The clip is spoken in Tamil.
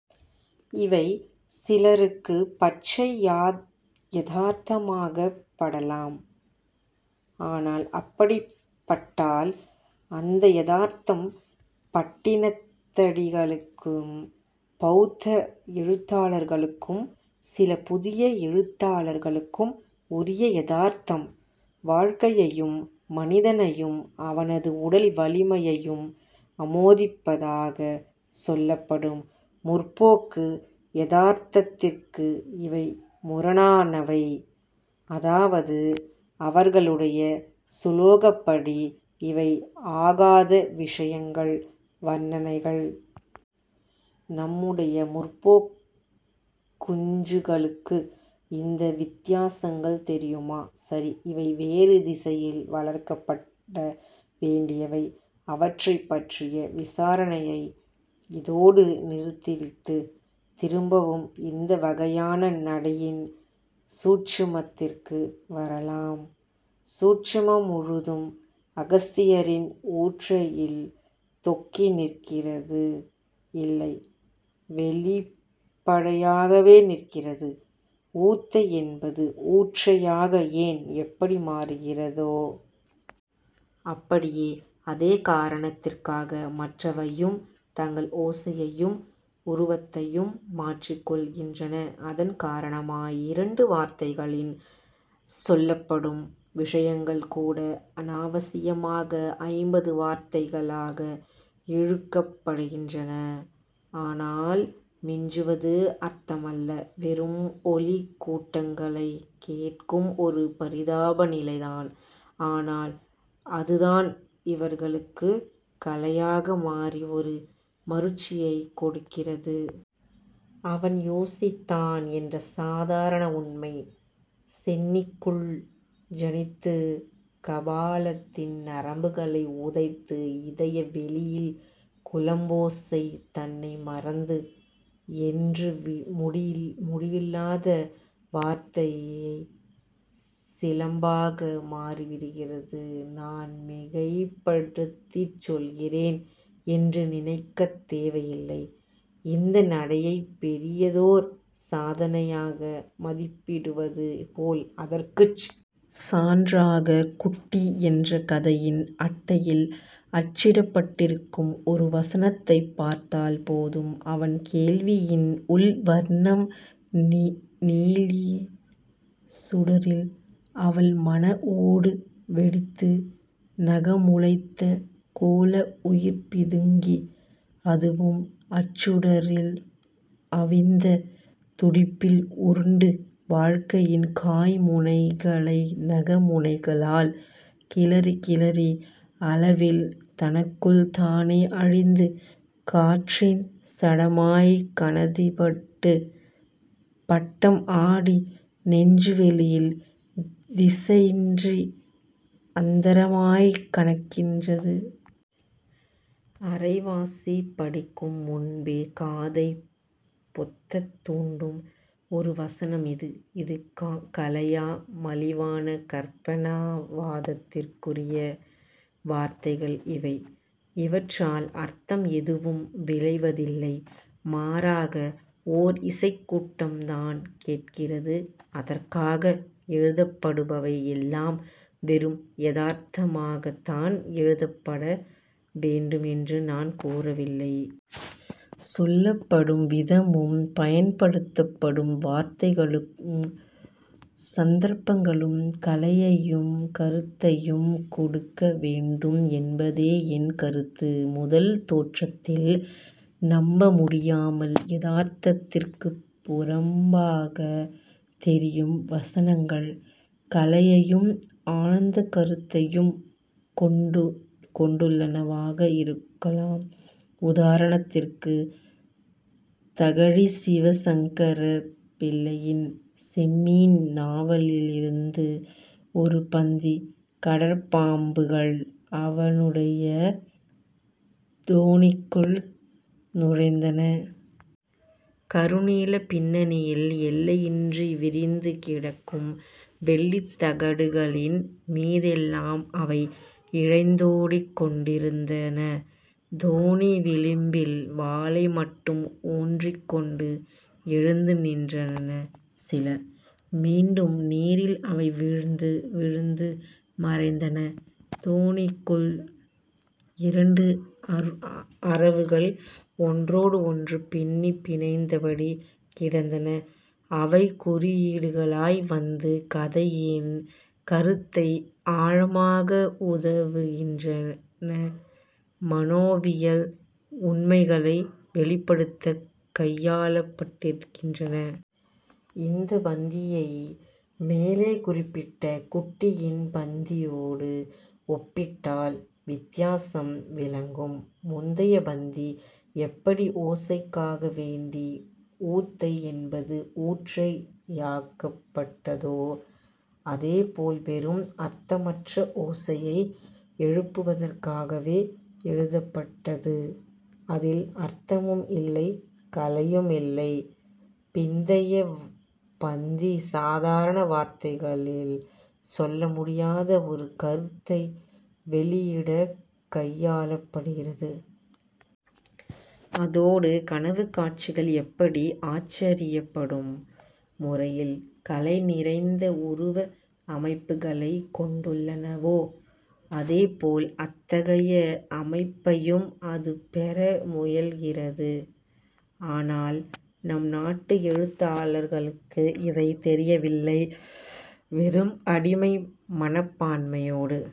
இவை சிலருக்குப் பச்சை யதார்த்தமாகப் படலாம். ஆனால் அப்படிப் பட்டால், அந்த யதார்த்தம் பட்டினத்தடிகளுக்கும் பௌத்த எழுத்தாளர்களுக்கும் சில புதிய எழுத்தாளர்களுக்கும் உரிய யதார்த்தம். வாழ்க்கையையும் மனிதனையும் அவனது உடல் வலிமையையும் ஆமோதிப்பதாகச் சொல்லப்படும் 'முற்போக்கு' யதார்த்தத்திற்கு இவை முரணானவை. அதாவது அவர்களுடைய சுலோகப்படி இவை ஆகாத விஷயங்கள், வர்ணனைகள். நம்முடைய முற்போக்குக் குஞ்சுகளுக்கு இந்த வித்தியாசங்கள் தெரியுமா? சரி, இவை வேறு திசையில் வளர்க்கப்பட்ட வேண்டியவை. அவற்றைப் பற்றிய விசாரணையை இதோடு நிறுத்திவிட்டு, திரும்பவும் இந்த வகையான நடையின் 'சூட்சுமத்திற்கு' வரலாம். 'சூட்சுமம்' முழுதும் அகஸ்தியரின் 'ஊற்றை'யில் தொக்கி நிற்கிறது இல்லை, வெளிப்படையாகவே நிற்கிறது. 'ஊத்தை' என்பது 'ஊற்றை'யாக ஏன், எப்படி மாறுகிறதோ... அப்படியே, அதே காரணத்திற்காக மற்றவையும் தங்கள் ஓசையையும் உருவத்தையும் மாற்றிக்கொள்கின்றன. அதன் காரணமாய் இரண்டு வார்த்தைகளில் சொல்லப்படும் விஷயங்கள்கூட அனாவசியமாக ஐம்பது வார்த்தைகளாக இழுக்கப்படுகின்றன. ஆனால் மிஞ்சுவது அர்த்தமல்ல வெறும் ஒலிக் கூட்டங்களைக் கேட்கும் ஒரு பரிதாப நிலைதான். ஆனால் அதுதான் இவர்களுக்குக் கலையாக மாறி ஒரு மருட்சியைக் கொடுக்கிறது. 'அவன் யோசித்தான்' என்ற சாதாரண உண்மை, சென்னிக்குள் ஜனித்து, கபாலத்தின் நரம்புகளை உதைத்து, இதய வெளியில் குளம்போசை தன்னை மறந்து. என்று முடிவில்லாத வார்த்தைச் சிலம்பாக மாறிவிடுகிறது. நான் மிகைப்படுத்திச் சொல்கிறேன் என்று நினைக்கத் தேவையில்லை. இந்த நடையைப் பெரியதோர் சாதனையாக மதிப்பிடுவது போல், அதற்குச் சான்றாக 'குட்டி' என்ற கதையின் அட்டையில் அச்சிடப்பட்டிருக்கும் ஒரு வசனத்தைப் பார்த்தால் போதும்: அவன் கேள்வியின் உள் வர்ணம் நீளிய சுடரில் அவள் மன ஓடு வெடித்து, நகம் முளைத்த கோள உயிர் பிதுங்கி, அதுவும் அச்சுடரில் அவிந்த துடிப்பில் உருண்டு, வாழ்க்கையின் காய் முனைகளை நக முனைகளால் கிளறி, கிளறி அளவில் தனக்குள் தானே அழிந்து, காற்றின் சடமாய்க் கணதிப்பட்டு, பட்டம் ஆடி நெஞ்சு வெளியில் திசையின்றி அந்தரமாய்க் கனக்கின்றது. அரைவாசி படிக்கும் முன்பே காதைப் பொத்தத் தூண்டும் ஒரு வசனம் இது. இது கலையா? மலிவான கற்பனாவாதத்திற்குரிய வார்த்தைகள் இவை. இவற்றால் அர்த்தம் எதுவும் விளைவதில்லை. மாறாக, ஓர் இசைக் கூட்டம்தான் கேட்கிறது. அதற்காக எழுதப்படுபவை எல்லாம் வெறும் 'யதார்த்தமாகத்தான்' எழுதப்பட வேண்டும் என்று நான் கூறவில்லை. சொல்லப்படும் விதமும், பயன்படுத்தப்படும் வார்த்தைகளுக்கும், சந்தர்ப்பங்களும் கலையையும் கருத்தையும் கொடுக்க வேண்டும் என்பதே என் கருத்து. முதல் தோற்றத்தில் நம்ப முடியாமல் யதார்த்தத்திற்குப் புறம்பாகத் தெரியும் வசனங்கள், கலையையும் ஆழ்ந்த கருத்தையும் கொண்டுள்ளனவாக இருக்கலாம். உதாரணத்திற்குத் தகழி சிவசங்கரப் பிள்ளையின் 'செம்மீன்' நாவலிலிருந்து ஒரு பந்தி: கடற்பாம்புகள் அவனுடைய தோணிக்குள் நுழைந்தன. கருநீலப் பின்னணியில் எல்லையின்றி விரிந்து கிடக்கும் வெள்ளித் தகடுகளின் மீதெல்லாம் அவை இழைந்தோடிக்கொண்டிருந்தன. தோணி விளிம்பில் வாலை மட்டும் ஊன்றிக்கொண்டு எழுந்து நின்றன சில. மீண்டும் நீரில் அவை விழுந்து மறைந்தன. தோணிக்குள் இரண்டு அரவுகள் ஒன்றோடு ஒன்று பின்னிப் பிணைந்தபடி கிடந்தன. இவை குறியீடுகளாய் வந்து கதையின் கருத்தை ஆழமாக உதவுகின்றன மனோவியல் உண்மைகளை வெளிப்படுத்தக் கையாளப்பட்டிருக்கின்றன. இந்தப் பந்தியை மேலே குறிப்பிட்ட 'குட்டி'யின் பந்தியோடு ஒப்பிட்டால் வித்தியாசம் விளங்கும். முந்தைய பந்தி, எப்படி ஓசைக்காக வேண்டி 'ஊத்தை' என்பது 'ஊற்றை'யாக்கப்பட்டதோ, அதே போல் வெறும் அர்த்தமற்ற ஓசையை எழுப்புவதற்காகவே எழுதப்பட்டது. அதில் அர்த்தமும் இல்லை, கலையும் இல்லை. பிந்தைய பந்தி சாதாரண வார்த்தைகளில் சொல்ல முடியாத ஒரு கருத்தை வெளியிடக் கையாளப்படுகிறது. அதோடு கனவுக் காட்சிகள் எப்படி ஆச்சரியப்படும் முறையில் கலை நிறைந்த உருவ அமைப்புகளைக் கொண்டுள்ளனவோ, அதே போல் அத்தகைய அமைப்பையும் அது பெற முயல்கிறது. ஆனால் நம் நாட்டு எழுத்தாளர்களுக்கு இவை தெரியவில்லை வெறும் அடிமை மனப்பான்மையோடு